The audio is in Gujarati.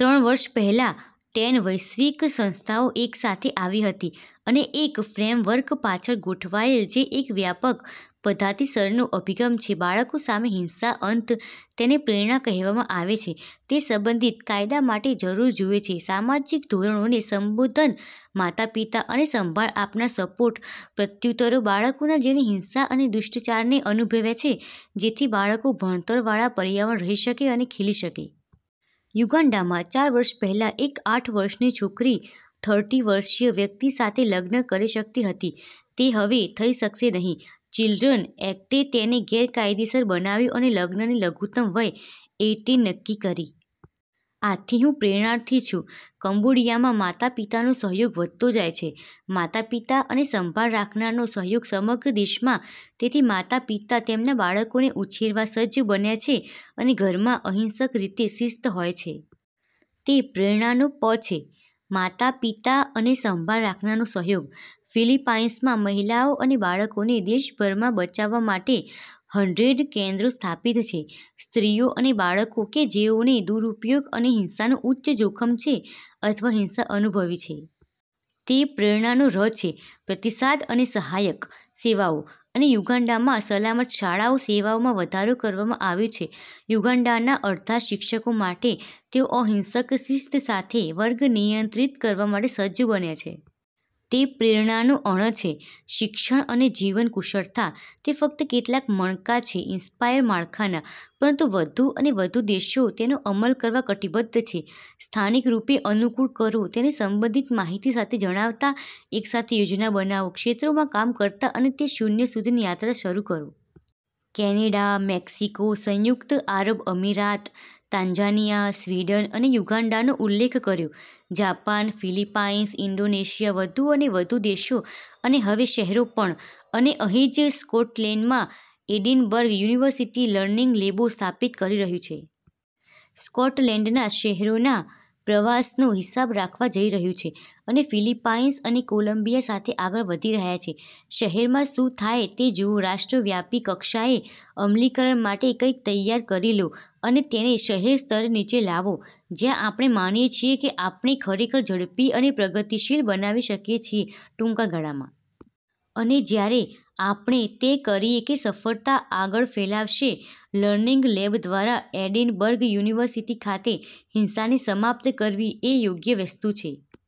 ત્રણ વર્ષ પહેલાં, ટેન વૈશ્વિક સંસ્થાઓ એક સાથે આવી હતી અને એક ફ્રેમવર્ક પાછળ ગોઠવાયેલ જે એક વ્યાપક પધાતિસરનો અભિગમ છે બાળકો સામે હિંસા અંત. તેને પ્રેરણા કેહવામાં આવે છે. તે સંબંધિત કાયદા માટે જરૂર જુએ છે સામાજિક ધોરણોને સંબોધન, માતાપિતા અને સંભાળ આપનાર સપોર્ટ, પ્રત્યુતરો બાળકોના જેણે હિંસા અને દુષ્ટચારને અનુભવ્યા છે જેથી બાળકો ભણતરવાળા પર્યાવરણ રહી શકે અને ખીલી શકે. યુગાન્ડામાં ચાર વર્ષ પહેલાં એક આઠ વર્ષની છોકરી થર્ટી વર્ષીય વ્યક્તિ સાથે લગ્ન કરી શકતી હતી. તે હવે થઈ શકશે નહીં. ચિલ્ડ્રન એકટે તેને ગેરકાયદેસર બનાવ્યું અને લગ્નની લઘુત્તમ વય એઈટીન નક્કી કરી. આથી હું પ્રેરણાર્થી છું. કંબોડિયામાં માતા પિતાનો સહયોગ વધતો જાય છે. માતા પિતા અને સંભાળ રાખનારનો સહયોગ સમગ્ર દેશમાં તેથી માતા પિતા તેમના બાળકોને ઉછેરવા સજ્જ બન્યા છે અને ઘરમાં અહિંસક રીતે શિસ્ત હોય છે. તે પ્રેરણા નો પ છે "માતા પિતા અને સંભાળ રાખનારનો સહયોગ." ફિલિપાઇન્સમાં મહિલાઓ અને બાળકોને દેશભરમાં બચાવવા માટે હન્ડ્રેડ કેન્દ્રો સ્થાપિત છે. સ્ત્રીઓ અને બાળકો કે જેઓને દુરુપયોગ અને હિંસાનું ઉચ્ચ જોખમ છે અથવા હિંસા અનુભવી છે. તે પ્રેરણા નો ર છે "પ્રતિસાદ અને સહાયક સેવાઓ." અને યુગાન્ડામાં, સલામત શાળાઓ સેવાઓમાં વધારો કરવામાં આવ્યું છે યુગાન્ડાના અડધા શિક્ષકો માટે. તેઓ અહિંસક શિસ્ત સાથે વર્ગ નિયંત્રિત કરવા માટે સજ્જ બન્યા છે. તે પ્રેરણા નો ણ છે "શિક્ષણ અને જીવન કુશળતા." તે ફક્ત કેટલાક મણકા છે ઇન્સ્પાયર માળખાના. પરંતુ વધુ અને વધુ દેશો તેનો અમલ કરવા કટિબદ્ધ છે. સ્થાનિક રૂપે અનુકૂળ કરો, તેને સંબંધિત માહિતી સાથે જણાવતા, એક સાથે યોજના બનાવો, ક્ષેત્રોમાં કામ કરતા અને તે શૂન્ય સુધીની યાત્રા શરૂ કરો. કેનેડા, મેક્સિકો, સંયુક્ત આરબ અમીરાત, તાંઝાનિયા, સ્વીડન અને યુગાન્ડાનો ઉલ્લેખ કર્યો. જાપાન, ફિલિપાઇન્સ, ઇન્ડોનેશિયા, વધુ અને વધુ દેશો અને હવે શહેરો પણ. અને અહીં જ સ્કોટલેન્ડમાં એડિનબર્ગ યુનિવર્સિટી લર્નિંગ લેબો સ્થાપિત કરી રહ્યું છે. સ્કોટલેન્ડના શેહરોના પ્રવાસનો હિસાબ રાખવા જઈ રહ્યું છે. અને ફિલિપાઇન્સ અને કોલમ્બિયા સાથે આગળ વધી રહ્યા છે. શહેરમાં શું થાય તે જુઓ, રાષ્ટ્રવ્યાપી કક્ષાએ અમલીકરણ માટે કંઈક તૈયાર કરી લો અને તેને શહેર સ્તરે નીચે લાવો જ્યાં આપણે માનીએ છીએ કે આપણે ખરેખર ઝડપી અને પ્રગતિશીલ બનાવી શકીએ છીએ ટૂંકા ગાળામાં. અને જ્યારે આપણે તે કરીએ કે સફળતા આગળ ફેલાવાશે લર્નિંગ લેબ દ્વારા એડિનબર્ગ યુનિવર્સિટી ખાતે. હિંસાને સમાપ્ત કરવી એ યોગ્ય વસ્તુ છે.